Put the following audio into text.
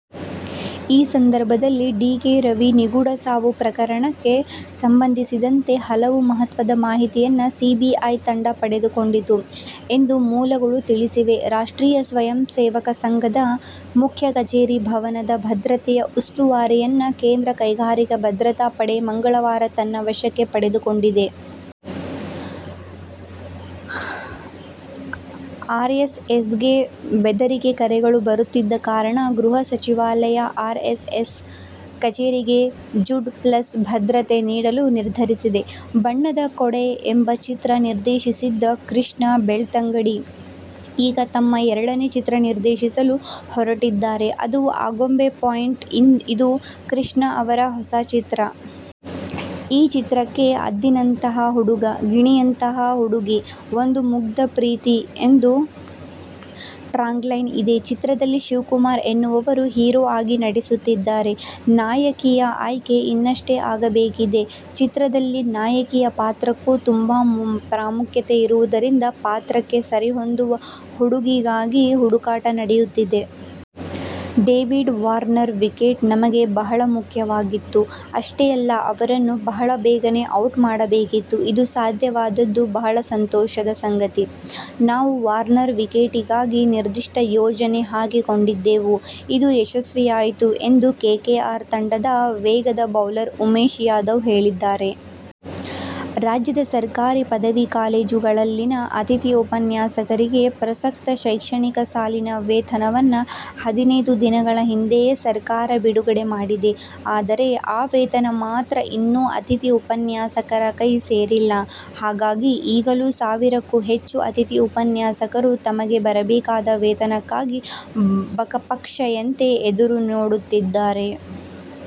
ಈ ಸಂದರ್ಭದಲ್ಲಿ D. K. Ravi ನಿಗೂಢ ಸಾವು ಪ್ರಕರಣಕ್ಕೆ ಸಂಬಂಧಿಸಿದಂತೆ ಹಲವು ಮಹತ್ವದ ಮಾಹಿತಿಯನ್ನು ಸಿಬಿಐ ತಂಡ ಪಡೆದುಕೊಂಡಿತು ಎಂದು ಮೂಲಗಳು ತಿಳಿಸಿವೆ. ರಾಷ್ಟ್ರೀಯ ಸ್ವಯಂ ಸೇವಕ ಸಂಘದ ಮುಖ್ಯ ಕಚೇರಿ " ಭವನ'ದ ಭದ್ರತೆಯ ಉಸ್ತುವಾರಿಯನ್ನು ಕೇಂದ್ರ ಕೈಗಾರಿಕಾ ಭದ್ರತಾ ಪಡೆ ಮಂಗಳವಾರ ತನ್ನ ವಶಕ್ಕೆ ತೆಗೆದುಕೊಂಡಿದೆ. ಆರ್ಎಸ್ಎಸ್ಗೆ ಬೆದರಿಕೆ ಕರೆಗಳು ಬರುತ್ತಿದ್ದ ಕಾರಣ ಗೃಹ ಸಚಿವಾಲಯ, ಆರ್ಎಸ್ಎಸ್ ಕಚೇರಿಗೆ ಝಡ್ ಪ್ಲಸ್ ಭದ್ರತೆ ನೀಡಲು ನಿರ್ಧರಿಸಿದೆ. ಬಣ್ಣದ ಕೊಡೆ ಎಂಬ ಚಿತ್ರ ನಿರ್ದೇಶಿಸಿದ್ದ ಕೃಷ್ಣ ಬೆಳ್ತಂಗಡಿ ಈಗ ತಮ್ಮ ಎರಡನೇ ಚಿತ್ರ ನಿರ್ದೇಶಿಸಲು ಹೊರಟಿದ್ದಾರೆ. ಅದು ಆಗುಂಬೆ ಪಾಯಿಂಟ್. ಇದು ಕೃಷ್ಣ ಅವರ ಹೊಸ ಚಿತ್ರ. ಈ ಚಿತ್ರಕ್ಕೆ ಹದ್ದಿನಂತಹ ಹುಡುಗ, ಗಿಣಿಯಂತಹ ಹುಡುಗಿ, ಒಂದು ಮುಗ್ಧ ಪ್ರೀತಿ' ಎಂಬ ಟ್ಯಾಗ್ಲೈನ್ ಇದೆ. ಚಿತ್ರದಲ್ಲಿ ಶಿವಕುಮಾರ್ ಎನ್ನುವವರು ಹೀರೋ ಆಗಿ ನಟಿಸುತ್ತಿದ್ದಾರೆ. ನಾಯಕಿಯ ಆಯ್ಕೆ ಇನ್ನಷ್ಟೇ ಆಗಬೇಕಿದೆ. ಚಿತ್ರದಲ್ಲಿ ನಾಯಕಿಯ ಪಾತ್ರಕ್ಕೂ ತುಂಬಾ ಪ್ರಾಮುಖ್ಯತೆ ಇರುವುದರಿಂದ ಪಾತ್ರಕ್ಕೆ ಸರಿಹೊಂದುವ ಹುಡುಗಿಗಾಗಿ ಹುಡುಕಾಟ ನಡೆಯುತ್ತಿದೆ. 'ಡೇವಿಡ್ ವಾರ್ನರ್ ವಿಕೆಟ್ ನಮಗೆ ಬಹಳ ಮುಖ್ಯವಾಗಿತ್ತು. ಅಷ್ಟೇ ಅಲ್ಲ, ಅವರನ್ನು ಬಹಳ ಬೇಗನೇ ಔಟ್ ಮಾಡಬೇಕಿತ್ತು. ಇದು ಸಾಧ್ಯವಾದದ್ದು ಬಹಳ ಸಂತೋಷದ ಸಂಗತಿ. ನಾವು ವಾರ್ನರ್ ವಿಕೆಟಿಗಾಗಿ ನಿರ್ದಿಷ್ಟ ಯೋಜನೆ ಹಾಕಿಕೊಂಡಿದ್ದೆವು. ಇದು ಯಶಸ್ವಿಯಾಯಿತು' ಎಂದು ಕೆಕೆಆರ್ ತಂಡದ ವೇಗದ ಬೌಲರ್ ಉಮೇಶ್ ಯಾದವ್ ಹೇಳಿದ್ದಾರೆ. ರಾಜ್ಯದ ಸರ್ಕಾರಿ ಪದವಿ ಕಾಲೇಜುಗಳಲ್ಲಿನಅತಿಥಿ ಉಪನ್ಯಾಸಕರಿಗೆ ಪ್ರಸಕ್ತ ಶೈಕ್ಷಣಿಕ ಸಾಲಿನ ವೇತನವನ್ನು ಹದಿನೈದು ದಿನಗಳ ಹಿಂದೆಯೇ ಸರ್ಕಾರ ಬಿಡುಗಡೆ ಮಾಡಿದೆ. ಆದರೆ, ಆ ವೇತನ ಮಾತ್ರ ಇನ್ನೂ ಅತಿಥಿ ಉಪನ್ಯಾಸಕರ ಕೈ ಸೇರಿಲ್ಲ. ಹಾಗಾಗಿ, ಈಗಲೂ ಸಾವಿರಕ್ಕೂ ಹೆಚ್ಚು ಅತಿಥಿ ಉಪನ್ಯಾಸಕರು ತಮಗೆ ಬರಬೇಕಾದ ವೇತನಕ್ಕಾಗಿ ಬಕಪಕ್ಷಿಯಂತೆ ಎದುರುನೋಡುತ್ತಿದ್ದಾರೆ.